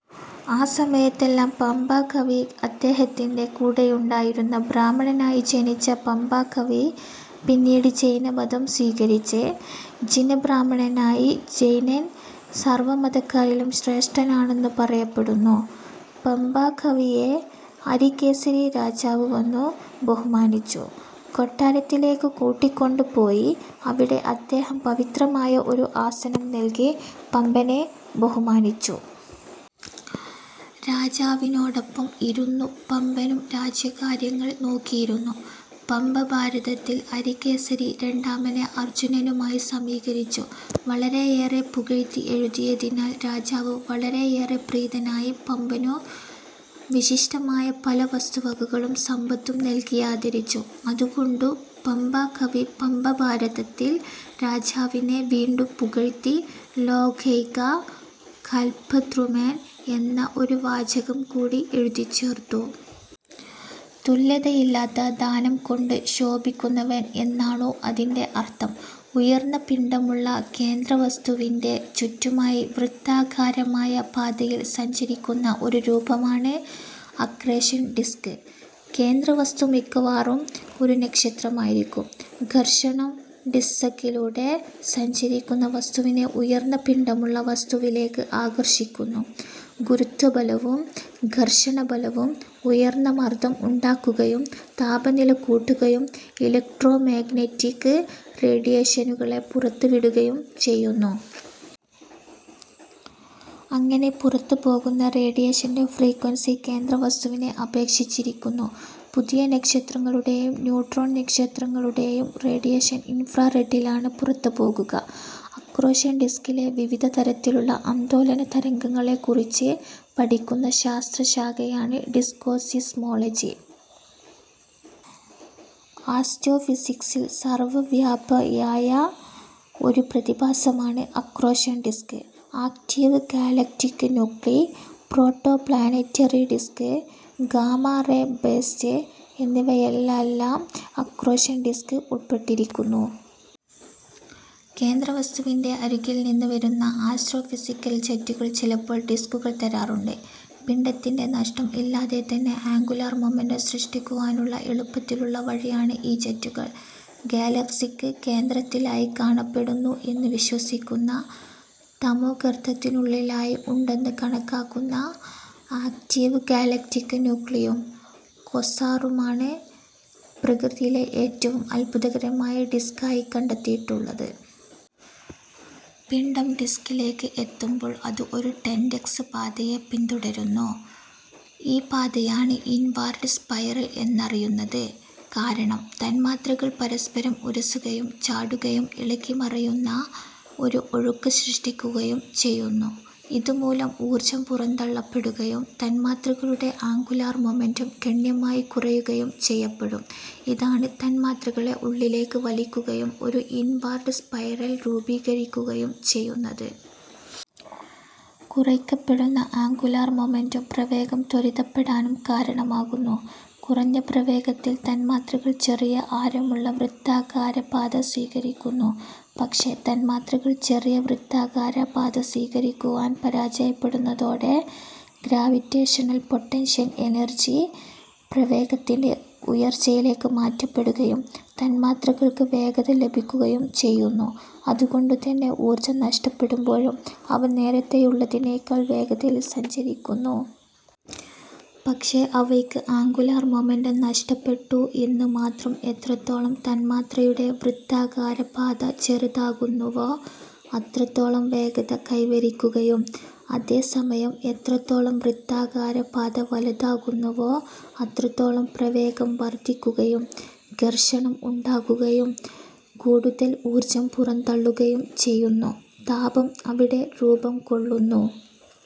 ആ സമയത്തെല്ലാം പംപാകവി അദ്ദേഹത്തിൻറെ കൂടെയുണ്ടായിരുന്നു. ബ്രാഹ്മണനായി ജനിച്ച പംപാകവി പിന്നീട് ജൈന മതം സ്വീകരിച്ച് ജിനബ്രാഹ്മണനായി. ജൈനൻ സർവ്വ മതക്കാരിലും ശ്രേഷ്ഠനാണെന്നു പറയപ്പെടുന്നു. പംപാകവിയെ അരികേസരി രാജാവ് വന്നു ബഹുമാനിച്ചു കൊട്ടാരത്തിലേക്കു കൂട്ടിക്കൊണ്ടു പോയി. അവിടെ അദ്ദേഹം പവിത്രമായ ഒരു ആസനം നൽകി പമ്പനെ ബഹുമാനിച്ചു. രാജാവിനോടൊപ്പം ഇരുന്നു പംപനും രാജ്യകാര്യങ്ങൾ നോക്കിയിരുന്നു. പംപഭാരതത്തിൽ അരികേസരി രണ്ടാമനെ അർജ്ജുനനുമായി സമീകരിച്ചു വളരെയേറെ പുകഴ്ത്തി എഴുതിയതിനാൽ രാജാവ് വളരെയേറെ പ്രീതനായി പമ്പനു വിശിഷ്ടമായ പല വസ്തുവകകളും സമ്പത്തും നൽകിയാദരിച്ചു. അതുകൊണ്ടു പംപാകവി പംപഭാരതത്തിൽ രാജാവിനെ വീണ്ടും പുകഴ്ത്തി ലോകൈക കല്പദ്രുമൻ എന്ന ഒരു വാചകം കൂടി എഴുതിച്ചേർത്തു. തുല്യതയില്ലാത്ത ദാനം കൊണ്ട് ശോഭിക്കുന്നവൻ എന്നാണു അതിന്റെ അർത്ഥം. ഉയർന്ന പിണ്ഡമുള്ള കേന്ദ്രവസ്തുവിന്റെ ചുറ്റുമായി വൃത്താകാരമായ പാതയിൽ സഞ്ചരിക്കുന്ന ഒരു രൂപമാണ് അക്രേഷൻ ഡിസ്ക്. കേന്ദ്രവസ്തു മിക്കവാറും ഒരു നക്ഷത്രമായിരിക്കും. ഘർഷണം ഡിസ്സകിലൂടെ സഞ്ചരിക്കുന്ന വസ്തുവിനെ ഉയർന്ന പിണ്ഡമുള്ള വസ്തുവിലേക്ക് ആകർഷിക്കുന്നു. ഗുരുത്വബലവും, ഘർഷണ ബലവും ഉയർന്ന മർദ്ദം ഉണ്ടാക്കുകയും, താപനില കൂട്ടുകയും, ഇലക്ട്രോ മാഗനറ്റിക് റേഡിയേഷനുകളെ പുറത്ത് വിടുകയും ചെയ്യുന്നു. അങ്ങനെ പുറത്ത് പോകുന്ന റേഡിയേഷന്റെ ഫ്രീക്വെൻസി കേന്ദ്ര വസ്തുവിനെ അപേക്ഷിച്ചിരിക്കുന്നു. പുതിയ നക്ഷത്രങ്ങളുടേയും, ന്യൂട്രോൺ നക്ഷത്രങ്ങളുടേയും, റേഡിയേഷൻ ഇൻഫ്രാറെഡിലാണ് പുറത്തേക്ക് പോകുക; അക്രേഷൻ ഡിസ്കിലെ വിവിധതരത്തിലുള്ള ആന്തോലന തരംഗങ്ങളെകുറിച്ച് പഠിക്കുന്ന ശാസ്ത്രശാഖയാണ് ഡിസ്ക്കോസീസ്മോളജി. ആസ്റ്റോഫിസിക്ക്സിൽ സർവ്വവ്യാപിയായ ഒരു പ്രതിഭാസമാണ് accretion disc; active galactic nuclei, protoplanetary disc, gamma ray burst എന്നിവയിലെല്ലാം അക്രേഷൻ ഡിസ്ക് ഉപൾപ്പെട്ടിരിക്കുന്നു. കേന്ദ്രവസ്തുവിന്റെ അരികിൽ നിന്ന് വരുന്ന ആസ്റ്റ്രോഫിസിക്കൽ ജെറ്റുകൾ ചിലപ്പോൾ ഡിസ്ക്കുകൾ തരാറുണ്ട്. പിണ്ഡത്തിന്റെ നഷ്ടം ഇല്ലാതെതന്നെ ആങ്കുലാർ മൊമന്റം സൃഷ്ടിക്കുവാനുള്ള എളുപ്പത്തിലുള്ള വഴിയാണ് ഈ ജെറ്റുകൾ. ഗാലക്സിക്ക് കേന്ദ്രത്തിലായി കാണപ്പെടുന്നു എന്ന് വിശ്വസിക്കുന്ന തമോഗർത്തത്തിനുള്ളിലായിഉണ്ടെന്ന് കണക്കാക്കുന്ന ആക്റ്റീവ് ഗലക്റ്റിക് നൂക്ലിയും, ക്വാസാറുമാണ് പ്രകൃതിയിലെ ഏറ്റവും അത്ഭുതകരമായ ഡിസ്കായി കണ്ടെത്തിയിട്ടിള്ളത്. പിണ്ഡം ഡിസ്കിലേക്ക് എത്തുമ്പോൾ അത് ഒരു ടെന്റക്സ് പാതയെ പിൻതുടരുന്നു, ഈ പാതയാണ് ഇൻവാർഡ് സ്പൈറൽ എന്നറിയുന്നത്. കാരണം തന്മാത്രകൾ പരസ്പരം ഉരസുകയും, ചാടുകയും ഇളകിമറിയുന്ന ഒരു ഒഴുക്ക് സൃഷ്ടിക്കുകയും, ചെയ്യുന്നു, ഇതുമൂലം ഊർജ്ജം പുറന്തള്ളപ്പെടുകയും, തന്മാത്രകളുടെ ആങ്കുലാർ മൊമന്റം ഗണ്യമായി കുറക്കുകയും ചെയ്യപ്പെടും, ഇതാണ് തന്മാത്രകളെ ഉള്ളിലേക്ക് വലിക്കുകയും, ഒരു ഇൻവാർഡ് സ്പൈരൽ രൂപീകരിക്കുകയും ചെയ്യുന്നത്. കുറയ്ക്കപ്പെടുന്ന ആങ്കുലാർ മൊമന്റം പ്രവേഗം ത്വരിതപ്പെടാനും കാരണമാകുന്നു. കുറഞ്ഞ പ്രവേഗത്തിൽ തന്മാത്രകൾ ചെറിയ ആരമുള്ള വൃത്താകാരപാത സ്വീകരിക്കുന്നു. പക്ഷെ തന്മാത്രകൾ ചെറിയ വൃത്താകാര പാത സ്വീകരിക്കുവാൻ പരാജയപ്പെടുന്നതോടെ ഗ്രാവിറ്റേഷ്ണൽ പൊട്ടൻഷ്യൽ എനർജി പ്രവേഗത്തിന്റെ ഉയർച്ചയിലേക്ക് മാറ്റപ്പെടുകയും തന്മാത്രകൾക്ക് വേഗത ലഭിക്കുകയു ചെയ്യുന്നു. അതുകൊണ്ടുതന്നെ ഊർജ്ജം നഷ്ടപ്പെടുമ്പോഴും അവ നേരത്തേയുള്ളതിനേക്കാൾ വേഗതയിൽ സഞ്ചരിക്കുന്നു. പക്ഷെ അവയ്ക്ക് ആങ്കുലാർ മൊമന്റം നഷ്ടപ്പെട്ടു എന്ന് മാത്രം. എത്രത്തോളം തന്മാത്രയുടെ വൃത്താകാര പാത ചെറുതാകുന്നുവോ അത്രത്തോളം വേഗത കൈവരിക്കുകയും, അതേ സമയം എത്രത്തോളം വൃത്താകാര പാത വലുതാകുന്നുവോ അത്രത്തോളം പ്രവേഗം വർദ്ധിക്കുകയും, ഘർഷണം ഉണ്ടാകുകയും, കൂടുതൽ ഊർജ്ജം പുറംതള്ളുകയും ചെയ്യുന്നു. താപം അവിടെ രൂപംകൊള്ളുന്നു.